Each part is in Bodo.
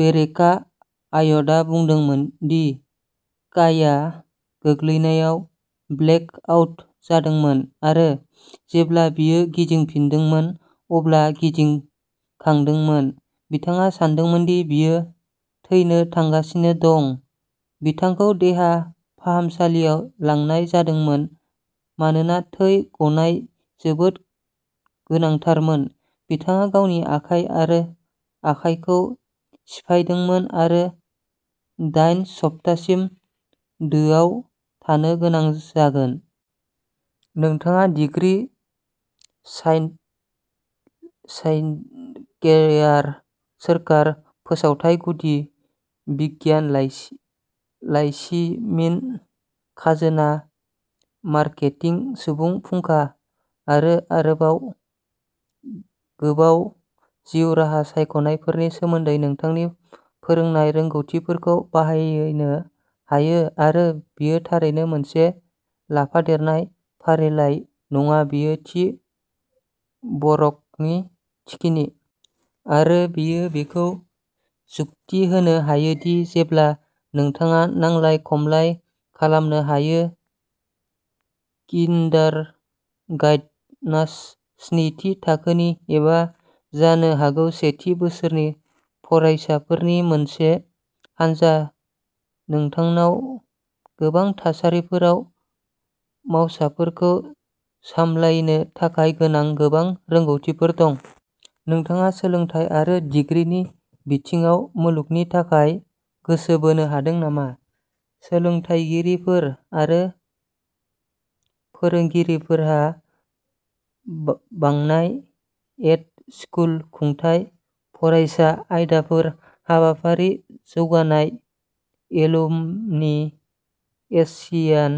रेबेका लायडआ बुंदोंमोन दि काइआ गोग्लैनायाव "ब्लेक आउट" जादोंमोन आरो जेब्ला बियो गिदिंबोफिनदोंमोन अब्ला गिखांदोंमोन। "बिथाङा सानदोंमोन दि बियो थैनो थांगासिनो दं। बिथांखौ देहा फाहामसालियाव लांनाय जादोंमोन मानोना थै गनाया जोबोद गोनांथारमोन। बिथाङा गावनि आखाइ आरो आखाइखौ सिफायदोंमोन आरो दाइन सप्तासिम दोआव थानो गोनां जागोन।" नोंथाङा डिग्री, सान चाइल्डकेयार सोरखार, फोसावथाइ, गुदि बिगियान, लाइसिमिन, खाजोना, मार्केटिं, सुबुं फुंखा आरो आरोबाव गोबांआव जिउ राहा सायख'नायफोरनि सोमोन्दै नोंथांनि फोरोंनाय रोंग'थिफोरखौ बाहायनो हायो। आरो बेयो थारैनो मोनसे लाफादेरनाय फारिलाइ नङा; बेयो थि बरफनि थिखिनि। आरो बेयो बेखौ जुक्ति होनो हायो दि जेब्ला नोंथाङा नांलाय-खमलाय खालामनो हायो। किन्डारगार्टनार्स, स्निथि थाखोनि एबा जानो हागौ सेथि बोसोरनि फरायसाफोरनि मोनसे हानजा, नोंथांनाव गोबां थासारिफोराव मावसाफोरखौ सामलायनो थाखाय गोनां गोबां रोंग'थिफोर दं। नोंथाङा सोलोंथाइ आरो डिग्रीनि बिथिङाव मुलुगनि थाखाय गोसो बोनो हादों नामा? सोलोंथायगिरिफोर आरो फोरोंगिरिफोरहा बांनाय एड-स्कुल खुंथाय, फरायसा आयदाफोर, हाबाफारि जौगानाय, एलुमनि एस'सिएशन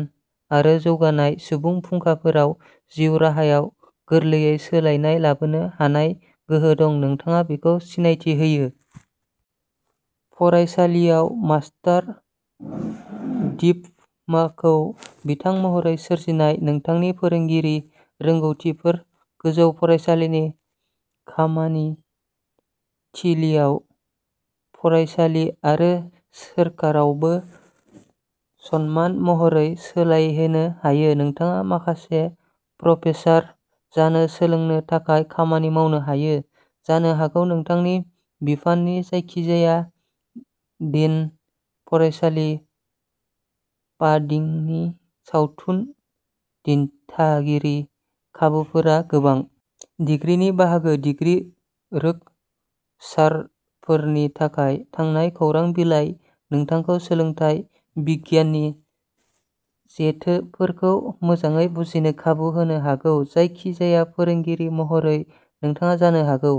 आरो जौगानाय, सुबुं फुंखाफोराव जिउ राहायाव गोरलैयै सोलायनाय लाबोनो हानाय गोहो दं, नोंथाङा बेखौ सिनायथि होयो। फरायसालियाव मास्टर डिप्ल'माखौ बिथा महरै सोरजिनाय, नोंथांनि फोरोंगिरि रोंग'थिफोरखौ गोजौ फरायसालिनि खामानि थिलिआव, फरायसालि आरो सोरखारावबो समान महरै सोलायहोनो हायो। नोंथाङा सासे प्रफेसार जानो सोलोंनो थाखाय खामानि मावनो हायो, जानो हागौ नोंथांनि बिफाननि जायखिजाया डीन, फरायसालि फान्डिंनि सावथुन दिथागिरि; खाबुफोरा गोबां। डिग्रीनि बाहागो, डिग्री रोंग'सारफोरनि थाखाय थांनाय खौरां बिलाइ, नोंथांखौ सोलोंथाइ बिगियाननि जेथोफोरखौ मोजाङै बुजिनो खाबु होनो हागौ। जायखिजाया फोरोंगिरि महरै, नोंथाङा जानो हागौ।